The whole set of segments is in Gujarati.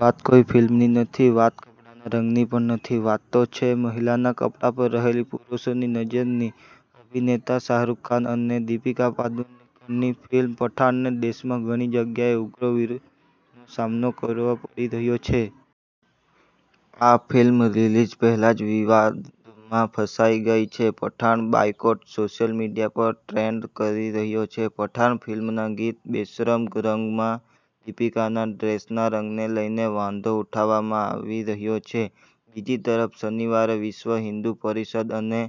વાત કોઈ ફિલ્મની નથી વાત કપડાના રંગની પણ નથી, વાત તો છે મહિલાના કપડા પર રહેલી પુરુષોની નજરની. અભિનેતા શાહરૂખ ખાન અને દીપિકા પાદુકોણની ફિલ્મ પઠાણને દેશમાં ઘણી જગ્યાએ ઉગ્ર વિરોધનો સામનો કરવો પડી રહ્યો છે. આ ફિલ્મ રિલીઝ પહેલા જ વિવાદોમાં ફસાઈ ગઈ છે. 'પઠાણ બોયકોટ' સોશિયલ મીડિયા પર ટ્રેન્ડ કરી રહ્યો છે. પઠાણ ફિલ્મના ગીત 'બેશરમ રંગ'માં દીપિકાના ડ્રેસના રંગને લઈને વાંધો ઉઠાવવામાં આવી રહ્યો છે. બીજી તરફ શનિવારે વિશ્વ હિન્દુ પરિષદ અને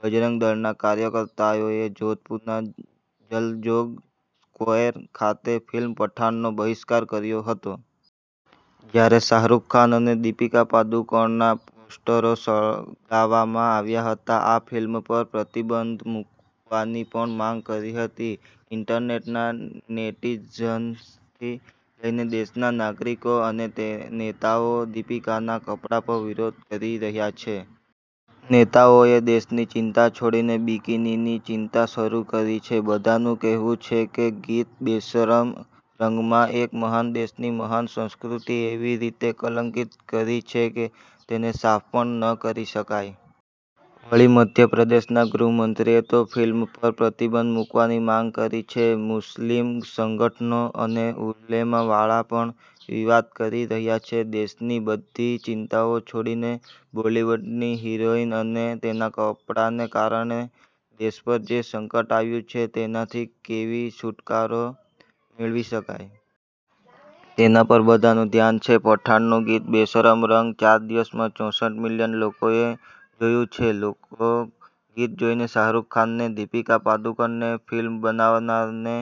બજરંગ દળના કાર્યકર્તાઓએ જોધપુરના જલજોગ સ્ક્વેર ખાતે ફિલ્મ પઠાણનો બહિષ્કાર કર્યો હતો. જ્યારે શાહરૂખ ખાન અને દીપિકા પાદુકોણના પોસ્ટરો સળગાવવામાં આવ્યા હતા. આ ફિલ્મ પર પ્રતિબંધ મૂકવાની પણ માંગ કરી હતી. ઈન્ટરનેટના નેટીઝન્સથી લઈને દેશના નાગરિકો અને નેતાઓ દીપિકાના કપડા પર વિરોધ કરી રહ્યા છે. નેતાઓએ દેશની ચિંતા છોડીને બિકિનીની ચિંતા શરૂ કરી છે. બધાનું કહેવું છે કે, ગીત 'બેશરમ રંગ'માં એક મહાન દેશની મહાન સંસ્કૃતિ એવી રીતે કલંકીત કરી છે કે તેને સાફ પણ ન કરી શકાય. વળી મધ્યપ્રદેશના ગૃહમંત્રીએ તો ફિલ્મ પર પ્રતિબંધ મૂકવાની માગ કરી છે. મુસ્લિમ સંગઠનો અને ઉલેમા વાળા પણ વિવાદ કરી રહ્યા છે. દેશની બધી ચિંતાઓ છોડીને બોલિવૂડની હિરોઈન અને તેના કપડાને કારણે દેશ પર જે સંકટ આવ્યું છે તેનાથી કેવી છુટકારો મેળવી શકાય? તેના પર બધાનું ધ્યાન છે. પઠાણનું ગીત 'બેશરમ રંગ' ચાર દિવસમાં ચોસઠ મિલિયન લોકોએ જોયું છે. લોકો ગીત જોઇને શાહરૂખ ખાનને, દીપિકા પદુકોણને, ફિલ્મ બનાવનારને,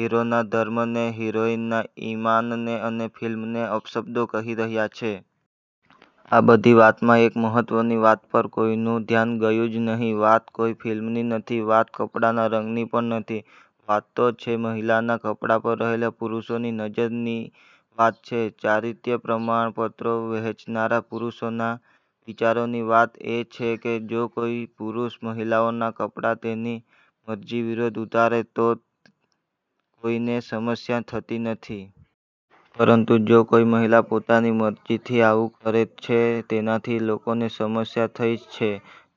હિરોના ધર્મને, હિરોઈનના ઈમાનને અને ફિલ્મને અપશબ્દો કહી રહ્યા છે. આ બધી વાતમાં એક મહત્વની વાત પર કોઈનું ધ્યાન ગ્યુજ નહી. વાત કોઈ ફિલ્મની નથી. વાત કપડાના રંગની પણ નથી વાત તો છે મહિલાના કપડાં પર રહેલી પુરુષોની નજરની. વાત છે ચારિત્ર્ય પ્રમાણપત્રો વહેંચનારા પુરુષોના વિચારોની વાત એ છે કે જો કોઈ પુરુષ મહિલાઓના કપડા તેની મરજી વિરુધ ઉતારે તો કોઈને સમસ્યા થતી નથી. પરંતુ જો કોઈ મહિલા પોતાની મરજીથી આવું કરે છે તેનાથી લોકોને સમસ્યા થઇ છે.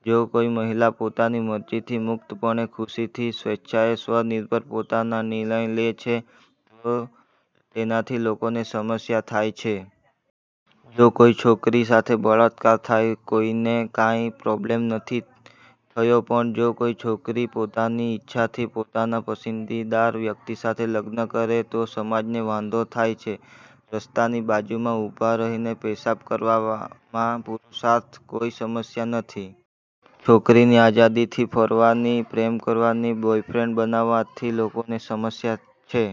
જો કોઈ મહિલા પોતાની મરજીથી, મુક્તપણે, ખુશીથી, સ્વેચ્છાએ, સ્વ-નિર્ભર, પોતાનો નિર્ણય લે છે તો તેનાથી લોકોને સમસ્યા થાય છે. જો કોઈ છોકરી સાથે બળાત્કાર થાય ,કોઈને કાય પ્રોબ્લેમ નથી થયો પણ જો કોઈ છોકરી પોતાની ઈચ્છાથી પોતાના પસંદીદાર વ્યક્તિ સાથે લગ્ન કરે તો સમાજને વાંધો થાય છે. રસ્તાની બાજુમાં ઉભા રહીને પેશાબ કરવામાં પુરૂષાર્થમાં કોઈ સમસ્યા નથી. છોકરીની આઝાદીથી ફરવાની, પ્રેમ કરવાની, બોયફ્રેન્ડ બનાવવાથી લોકોને સમસ્યા છે.